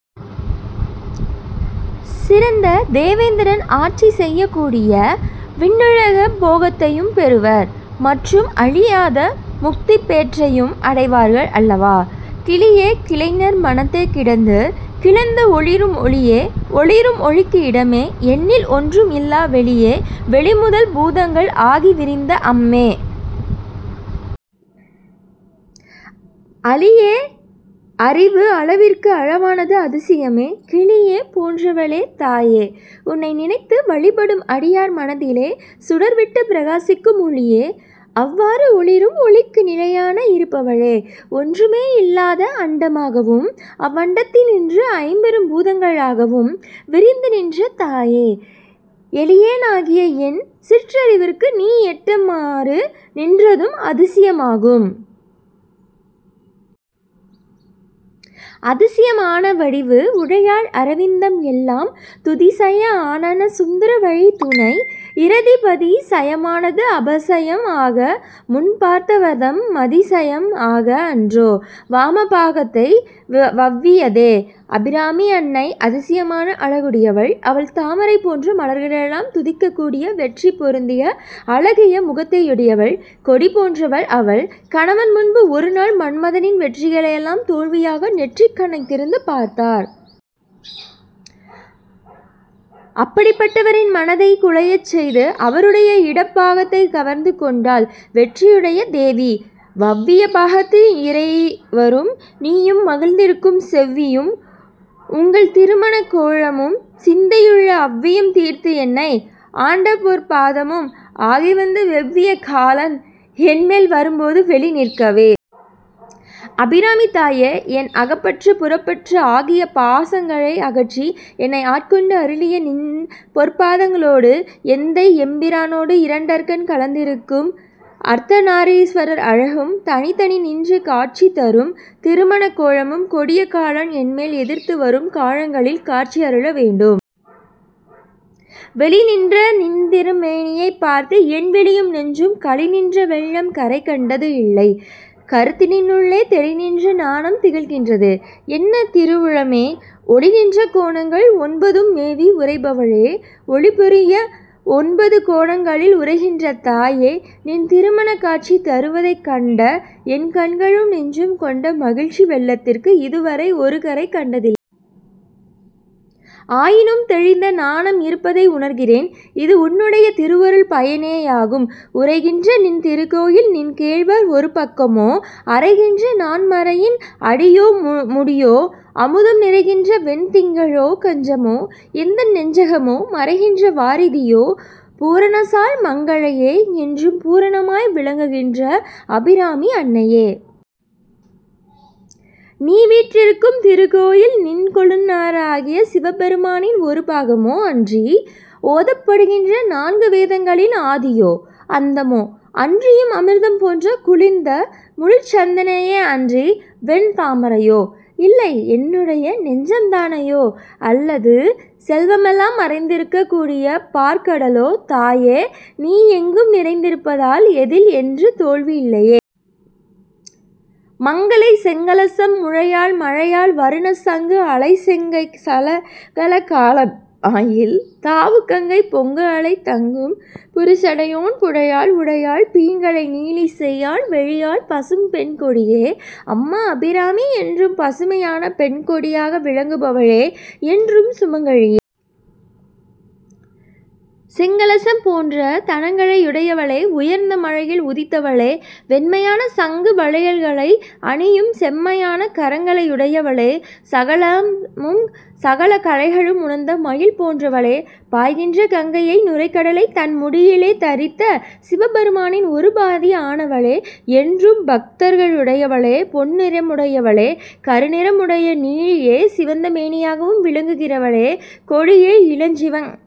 சிறந்த தேவேந்திரன் ஆட்சி செய்யக்கூடிய விண்ணுலக போகத்தையும் பெறுவர். மற்றும், அழியாத முக்திப் பேற்றையும் அடைவார்கள் அல்லவா! கிளியே கிளைஞர் மனத்தே கிடந்து கிளர்ந்து ஒளிரும் ஒளியே ஒளிரும் ஒளிக்கு இடமே எண்ணில் ஒன்றும் இல்லா வெளியே வெளி முதல் பூதங்கள் ஆகி விரிந்த அம்மே. அளியேன் அறிவு அளவிற்கு அளவானது அதிசயமே. கிளியே போன்றவளே! தாயே! உன்னை நினைந்து வழிபடும் அடியார் மனத்தினிலே சுடர் விட்டுப் பிரகாசிக்கும் ஒளியே! அவ்வாறு ஒளிரும் ஒளிக்கு நிலையாக இருப்பவளே! ஒன்றுமே இல்லாத அண்டமாகவும் அவ்வண்டத்தினின்று ஐம்பெரும் பூதங்களாகவும் விரிந்து நின்ற தாயே! எளியேனாகிய என் சிற்றறிவுக்கு நீ எட்டுமாறு நின்றதும் அதிசயமாகும்! அதிசயம் ஆன வடிவு உடையாள் அரவிந்தம் எல்லாம் துதி சய ஆனன சுந்தரவல்லி துணை இரதி பதி சயமானது அபசயம் ஆக முன் பார்த்தவர்தம் மதி சயம் ஆக அன்றோ வாம பாகத்தை வவ்வியதே? அபிராமி அன்னை அதிசயமான அழகுடையவள்! அவள் தாமரை போன்ற மலர்களெல்லாம் துதிக்கக் கூடிய வெற்றி பொருந்திய அழகிய முகத்தையுடையவள் கொடி போன்றவள் அவள் கணவன் முன்பு ஒருநாள் மன்மதனின் வெற்றிகளையெல்லாம் தோல்வியாக நெற்றிக் கண்ணைத் திறந்து பார்த்தார். அப்படிப்பட்டவரின் மனத்தையும் குழையச் செய்து அவருடைய இடப் பாகத்தைக் கவர்ந்து கொண்டாள் வெற்றியுடைய தேவி. வவ்விய பாகத்து இறைவரும் நீயும் மகிழ்ந்திருக்கும் செவ்வியும் உங்கள் திருமணக் கோலமும் சிந்தையுள்ளே அவ்வியம் தீர்த்து என்னை ஆண்டபொற் பாதமும் ஆகிவந்து வெவ்விய காலன் என்மேல் வரும்போது வெளி நிற்கவே. அபிராமித் தாயே! என் அகப்பற்று புறப்பற்று ஆகிய பாசங்களை அகற்றி என்னை ஆட்கொண்டு அருளிய நின் பொற்பாதங்களோடு எந்தை எம்பிரானோடு இரண்டற்க கலந்திருக்கும் அர்த்த நாரீஸ்வரர் அழகும் தனித்தனி நின்று காட்சி தரும் திருமணக்கோலமும் கொடிய காலன் என்மேல் எதிர்த்து வரும் காலங்களில் காட்சியருள வேண்டும். வெளிநின்ற நின்திருமேனியைப் பார்த்து என் விழியும் நெஞ்சும் களிநின்ற வெள்ளம் கரைகண்டது இல்லை கருத்தினுள்ளே தெளிநின்ற ஞானம் திகழ்கின்றது, என்ன திருவுளமோ? ஒளிநின்ற கோணங்கள் ஒன்பதும் மேவி உறைபவளே. ஒளி பொருந்திய ஒன்பது கோணங்களில் உறைகின்ற தாயே! நின் திருமணக் காட்சி தருவதைக் கண்ட என் கண்களும், நெஞ்சும் கொண்ட மகிழ்ச்சி வெள்ளத்திற்கு இதுவரை ஒரு கரை கண்டதில்லை. ஆயினும் தெளிந்த ஞானம் இருப்பதை உணர்கிறேன். இது உன்னுடைய திருவருள் பயனேயாகும். உறைகின்ற நின் திருக்கோயில்-நின் கேள்வர் ஒரு பக்கமோ அறைகின்ற நான் மறையின் அடியோ முடியோ அமுதம் நிறைகின்ற வெண் திங்களோ கஞ்சமோ எந்தன் நெஞ்சகமோ மறைகின்ற வாரிதியோ? பூரணாசல மங்கலையே. என்றும் பூரணமாய் விளங்குகின்ற அபிராமி அன்னையே! நீ வீற்றிருக்கும் திருக்கோயில் நின் கொழுநராகிய சிவபெருமானின் ஒரு பாகமோ? அன்றி ஓதப்படுகின்ற நான்கு வேதங்களின் ஆதியோ? அந்தமோ? அன்றியும் அமிர்தம் போன்ற குளிர்ந்த முழுச்சந்திரனேயன்றி வெண் தாமரையோ? இல்லை என்னுடைய நெஞ்சம்தானேயோ அல்லது செல்வமெல்லாம் மறைந்திருகக் கூடிய பாற் கடலோ? தாயே! நீ எங்கும் நிறைந்திருப்பதால் எதில் என்று தோன்றவில்லையே! மங்கலை செங்கலசம் முலையாள் மலையாள் வருணச் சங்கு அலை செங்கைச் சகல கலாமயில் தாவு கங்கை பொங்கு அலை தங்கும் புரிசடையோன் புடையாள் உடையாள் பிங்கலை நீலி செய்யாள் வெளியாள் பசும் பெண்கொடியே. அம்மா அபிராமி! என்றும் பசுமையான பெண் கொடியாக விளங்குபவளே! என்றும் சுமங்கலியே! செங்கலசம் போன்ற தனங்களையுடையவளே! உயர்ந்த மலையிலே உதித்தவளே! வெண்மையான சங்கு வளையல்களை அணியும் செம்மையான கரங்களையுடையவளே! சகல கலைகளும் உணர்ந்த மயில் போன்றவளே! பாய்கின்ற கங்கையை நுரை கடலைத் தன் முடியிலே தரித்த சிவபெருமானின் ஒரு பாதி ஆனவளே! என்றும் பக்தர்களையுடையவளே! பொன் நிறமுடையவளே! கருநிறமுடைய நீலியே! சிவந்த மேனியாகவும் விளங்குகின்றவளே! கொடியே இளவஞ்சிக்